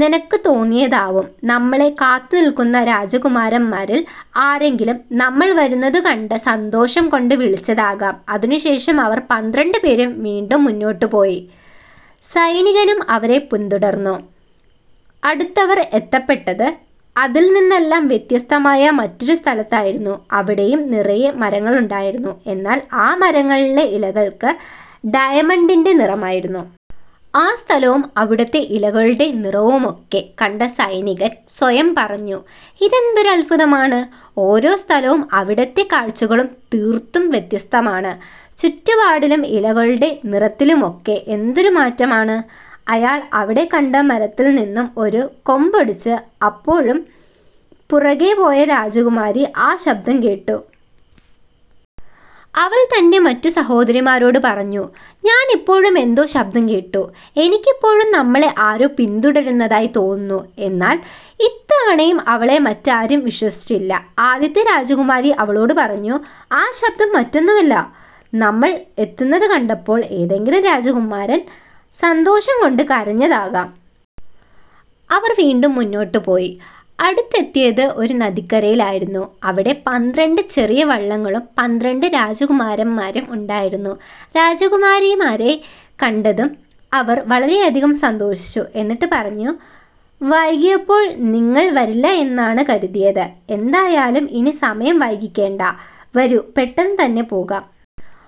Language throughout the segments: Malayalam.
നിനക്ക് തോന്നിയതാവും. നമ്മളെ കാത്തുനിൽക്കുന്ന രാജകുമാരന്മാരിൽ ആരെങ്കിലും നമ്മൾ വരുന്നതു കണ്ട സന്തോഷം കൊണ്ടു വിളിച്ചതാകാം. " അതിനുശേഷം അവർ പന്ത്രണ്ട് പേരും വീണ്ടും മുന്നോട്ടു പോയി. സൈനികനും അവരെ പിന്തുടർന്നു. അടുത്തവർ എത്തപ്പെട്ടത് അതിൽനിന്നെല്ലാം വ്യത്യസ്തമായ മറ്റൊരു സ്ഥലത്തായിരുന്നു. അവിടെയും നിറയെ മരങ്ങളുണ്ടായിരുന്നു. എന്നാൽ ആ മരങ്ങളിലെ ഇലകൾക്ക് ഡയമണ്ടിൻ്റെ നിറമായിരുന്നു. ആ സ്ഥലവും അവിടുത്തെ ഇലകളുടെ നിറവുമൊക്കെ കണ്ട സൈനികൻ സ്വയം പറഞ്ഞു। "ഇതെന്തൊരു അത്ഭുതമാണ്. ഓരോ സ്ഥലവും അവിടത്തെ കാഴ്ചകളും തീർത്തും വ്യത്യസ്തമാണ്. ചുറ്റുപാടിലും ഇലകളുടെ നിറത്തിലുമൊക്കെ എന്തൊരു മാറ്റമാണ്. " അയാൾ അവിടെ കണ്ട മരത്തിൽ നിന്നും ഒരു കൊമ്പൊടിച്ചു. അപ്പോഴും പുറകേപോയ രാജകുമാരി ആ ശബ്ദം കേട്ടു. അവൾ തൻ്റെ മറ്റു സഹോദരിമാരോട് പറഞ്ഞു "ഞാനിപ്പോഴും എന്തോ ശബ്ദം കേട്ടു. എനിക്കിപ്പോഴും നമ്മളെ ആരോ പിന്തുടരുന്നതായി തോന്നുന്നു. " എന്നാൽ ഇത്തവണയും അവളെ മറ്റാരും വിശ്വസിച്ചില്ല. ആദ്യത്തെ രാജകുമാരി അവളോട് പറഞ്ഞു "ആ ശബ്ദം മറ്റൊന്നുമല്ല. നമ്മൾ എത്തുന്നത് കണ്ടപ്പോൾ ഏതെങ്കിലും രാജകുമാരൻ സന്തോഷംകൊണ്ട് കരഞ്ഞതാകാം. " അവർ വീണ്ടും മുന്നോട്ടു പോയി. അടുത്തെത്തിയത് ഒരു നദിക്കരയിൽ ആയിരുന്നു. അവിടെ പന്ത്രണ്ട് ചെറിയ വള്ളങ്ങളും പന്ത്രണ്ട് രാജകുമാരന്മാരും ഉണ്ടായിരുന്നു. രാജകുമാരിമാരെ കണ്ടതും അവർ വളരെയധികം സന്തോഷിച്ചു. എന്നിട്ട് പറഞ്ഞു "വൈകിയപ്പോൾ നിങ്ങൾ വരില്ല എന്നാണ് കരുതിയത്. എന്തായാലും ഇനി സമയം വൈകിക്കേണ്ട വരൂ പെട്ടെന്ന് തന്നെ പോകാം.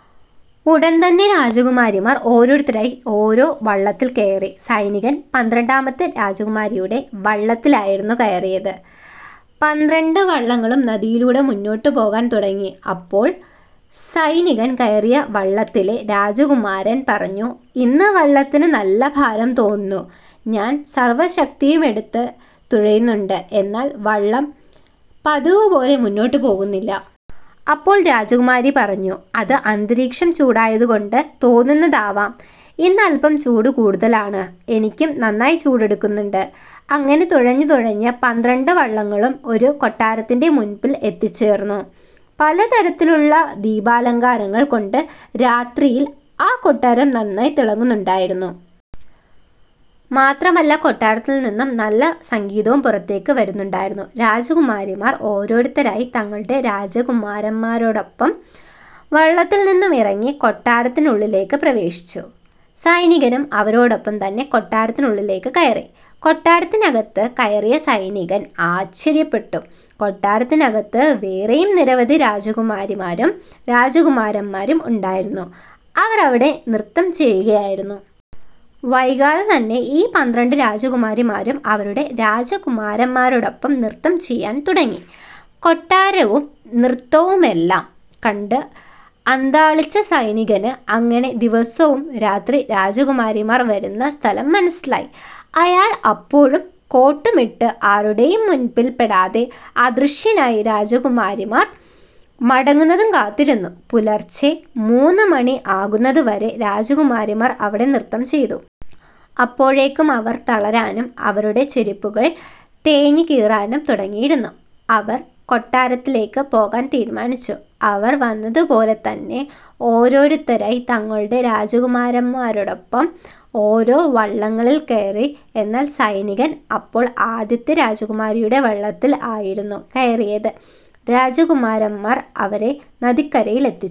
" ഉടൻതന്നെ രാജകുമാരിമാർ ഓരോരുത്തരായി ഓരോ വള്ളത്തിൽ കയറി. സൈനികൻ പന്ത്രണ്ടാമത്തെ രാജകുമാരിയുടെ വള്ളത്തിലായിരുന്നു കയറിയത്. പന്ത്രണ്ട് വള്ളങ്ങളും നദിയിലൂടെ മുന്നോട്ടു പോകാൻ തുടങ്ങി. അപ്പോൾ സൈനികൻ കയറിയ വള്ളത്തിലെ രാജകുമാരൻ പറഞ്ഞു "ഇന്ന് വള്ളത്തിന് നല്ല ഭാരം തോന്നുന്നു. ഞാൻ സർവ്വശക്തിയുമെടുത്ത് തുഴയുന്നുണ്ട്. എന്നാൽ വള്ളം പതിവുപോലെ മുന്നോട്ടു പോകുന്നില്ല. " അപ്പോൾ രാജകുമാരി പറഞ്ഞു "അത് അന്തരീക്ഷം ചൂടായതുകൊണ്ട് തോന്നുന്നതാവാം. ഇന്ന് അല്പം ചൂട് കൂടുതലാണ്. എനിക്കും നന്നായി ചൂട് എടുക്കുന്നുണ്ട്. " അങ്ങനെ തുഴഞ്ഞ് തുഴഞ്ഞ് പന്ത്രണ്ട് വള്ളങ്ങളും ഒരു കൊട്ടാരത്തിൻ്റെ മുൻപിൽ എത്തിച്ചേർന്നു. പലതരത്തിലുള്ള ദീപാലങ്കാരങ്ങൾ കൊണ്ട് രാത്രിയിൽ ആ കൊട്ടാരം നന്നായി തിളങ്ങുന്നുണ്ടായിരുന്നു. മാത്രമല്ല കൊട്ടാരത്തിൽനിന്നും നല്ല സംഗീതവും പുറത്തേക്ക് വരുന്നുണ്ടായിരുന്നു. രാജകുമാരിമാർ ഓരോരുത്തരായി തങ്ങളുടെ രാജകുമാരന്മാരോടൊപ്പം വള്ളത്തിൽ നിന്നും ഇറങ്ങി കൊട്ടാരത്തിനുള്ളിലേക്ക് പ്രവേശിച്ചു. സൈനികനും അവരോടൊപ്പം തന്നെ കൊട്ടാരത്തിനുള്ളിലേക്ക് കയറി. കൊട്ടാരത്തിനകത്ത് കയറിയ സൈനികൻ ആശ്ചര്യപ്പെട്ടു. കൊട്ടാരത്തിനകത്ത് വേറെയും നിരവധി രാജകുമാരിമാരും രാജകുമാരന്മാരും ഉണ്ടായിരുന്നു. അവർ അവിടെ നൃത്തം ചെയ്യുകയായിരുന്നു. വൈകാതെ തന്നെ ഈ പന്ത്രണ്ട് രാജകുമാരിമാരും അവരവരുടെ രാജകുമാരന്മാരോടൊപ്പം നൃത്തം ചെയ്യാൻ തുടങ്ങി. കൊട്ടാരവും നൃത്തവുമെല്ലാം കണ്ട് അന്ധാളിച്ച സൈനികന് അങ്ങനെ ദിവസവും രാത്രി രാജകുമാരിമാർ വരുന്ന സ്ഥലം മനസ്സിലായി. അയാൾ അപ്പോഴും കോട്ടുമിട്ട് ആരുടെയും മുൻപിൽ പെടാതെ അദൃശനായി രാജകുമാരിമാർ മടങ്ങുന്നതും കാത്തിരുന്നു. പുലർച്ചെ മൂന്നുമണി ആകുന്നതുവരെയും രാജകുമാരിമാർ അവിടെ നൃത്തം ചെയ്തു. അപ്പോഴേക്കും അവർ തളരാനും അവരുടെ ചെരുപ്പുകൾ തേഞ്ഞ് കീറാനും തുടങ്ങിയിരുന്നു. അവർ കൊട്ടാരത്തിലേക്ക് പോകാൻ തീരുമാനിച്ചു. അവർ വന്നത് പോലെ തന്നെ ഓരോരുത്തരായി തങ്ങളുടെ രാജകുമാരന്മാരോടൊപ്പം ഓരോ വള്ളങ്ങളിൽ കയറി. എന്നാൽ സൈനികൻ അപ്പോൾ ആദ്യത്തെ രാജകുമാരിയുടെ വള്ളത്തിൽ ആയിരുന്നു കയറിയത്. രാജകുമാരന്മാർ അവരെ നദിക്കരയിലെത്തിച്ചു.